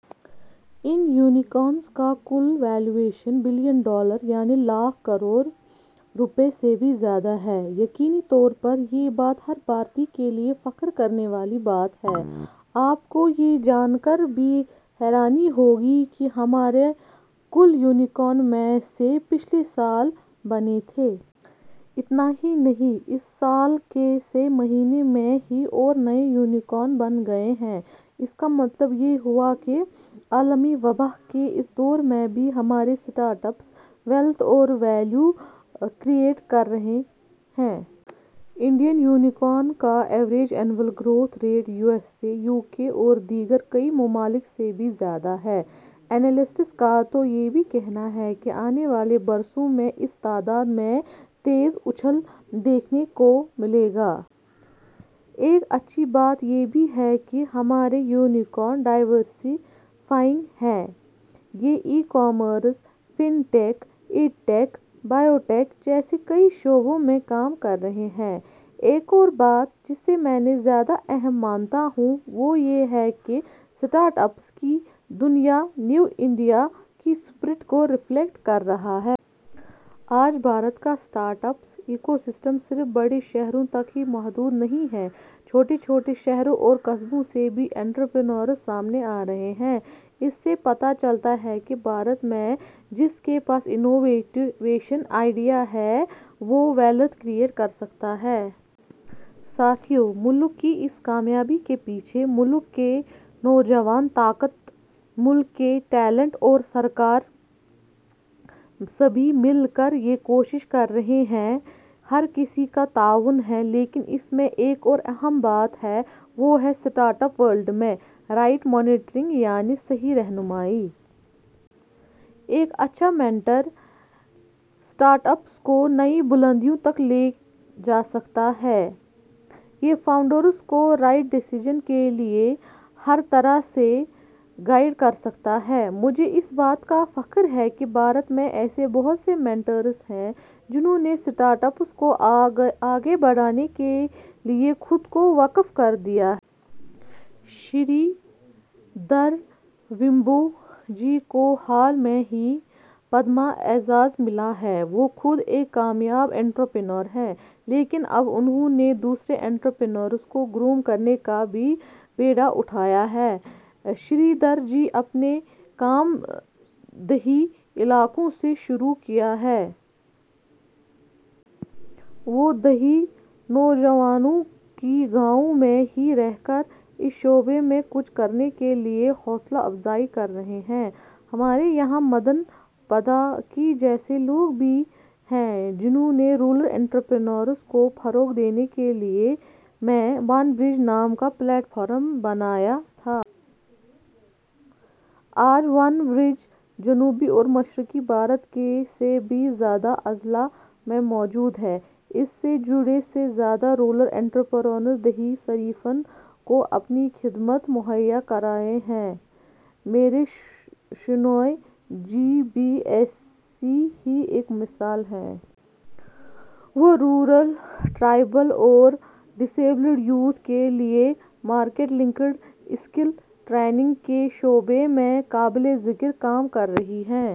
ان unicorns کا کل valuation billion dollar, یعنی لاکھ کروڑ روپئے سے بھی زیادہ ہے۔ یقینی طور پر، یہ بات ، ہر بھارتی کے لئے فخر کرنے والی بات ہے۔ آپ کو یہ جانکر بھی حیرانی ہوگی، کہ ہمارے کل یونیکارن میں سے ، پچھلے سال بنے تھے۔ اتنا ہی نہیں ، اس سال کے سے مہینے میں ہی اور نئے یونیکارن بن گئے ہیں۔ اس کا مطلب یہ ہوا کہ عالمی وبا کے اس دور میں بھی ہمارے اسٹارٹ اپس، ویلتھ اور ویلیو کریٹ کرتے رہے ہیں۔ انڈین یونیکارن کا average annual growth rate, U S A, U K اور دیگر کئی ممالک سے بھی زیادہ ہے۔ اینالیسسٹس کا تو یہ بھی کہنا ہے کہ آنے والے برسوں میں اس تعداد میں تیزاچھال دیکھنے کو ملے گا۔ ایک اچھی بات یہ بھی ہے کہ ہمارے یونیکارن ڈائیورسی فائنگ ہیں۔ یہ e- commerce, fintech, edtech, biotech جیسے کئی شعبوں میں کام کررہے ہیں۔ ایک اور بات جسے میں زیادہ اہم مانتا ہوں وہ یہ ہے کہ اسٹارٹ-اپس کی دنیا نیو انڈیا کی اسپرٹ کو رفلیکٹ کررہی ہے۔ آج، بھارت کا اسٹارٹ اپس ایکوسسٹم صرف بڑے شہروں تک ہی محدود نہیں ہے، چھوٹے -چھوٹے شہروں اور قصبوں سے بھی انٹرپرینورز سامنے آرہے ہیں۔ اس سے پتہ چلتا ہے کہ بھارت میں جس کے پاس انوویشن آئڈیا ہے وہ، ویلتھ کریٹ کرسکتا ہے۔ ساتھیو، ملک کی اس کامیابی کے پیچھے، ملک کی نوجوان -طاقت ، ملک کے ٹیلینٹ اور سرکار، سبھی مل کر یہ کوشش کررہے ہیں، ہر کسی کا تعاون ہے، لیکن اس میں ایک اور اہم بات ہے، وہ ہے، اسٹارٹ-اپ ورلڈ میں، رائٹ مینٹرنگ ؛ یعنی، صحیح رہنمائی۔ ایک اچھا مینٹر اسٹارٹ-اپس کو نئی بلندیوں تک لے جاسکتا ہے۔ یہ فاؤنڈرز کو رائٹ ڈیسیزن کے لئے ہر طرح سے گائیڈ کرسکتا ہے۔ مجھے، اس بات کا فخر ہے کہ بھارت میں ایسے بہت سے مینٹرز ہیں جنہوں نے اسٹارٹ-اپس کو آگے بڑھانے کے لئے خود کو وقف کردیا ہے۔ شری دھر ویمبوجی کو حال ہی میں پدم اعزاز ملا ہے۔ وہ خود ایک کامیاب انٹرپریونیور ہیں، لیکن اب انہوں نے، دوسرے انٹرپریونیور کو گروم کرنے کا بھی بیڑا اٹھایا ہے۔ شری دھر جی نے اپنا کام دیہی علاقوں سے شروع کیا ہے۔ وہ، دیہی نوجوانوں کی گاؤں میں ہی رہ کر اس شعبے میں کچھ کرنے کے لئے حوصلہ افزائی کررہے ہیں۔ ہمارے یہاں مدن پڑاکی جیسے لوگ بھی ہیں جنہوں نے رورل انٹرپریونیورز کو فروغ دینے کے لئے میں ون-برج نام کا پلیٹ فارم بنایا تھا۔ آج ، ون-برج جنوبی اور مشرقی بھارت کے سے بھی زیادہ اضلاع میں موجود ہیں۔ اس سے جڑے سے زیادہ رورل انٹرپریونیورز دیہی صارفین کو اپنی خدمات مہیا کرا رہے ہیں۔ میرا شینائے جی بھی ایسی ہی ایک مثال ہیں۔ وہ رورل ٹرائبل اور ڈزایبل یوتھ کے لئے مارکٹ لنکڈ اسکل ٹریننگ کے شعبے میں قابل ذکر کام کررہی ہیں۔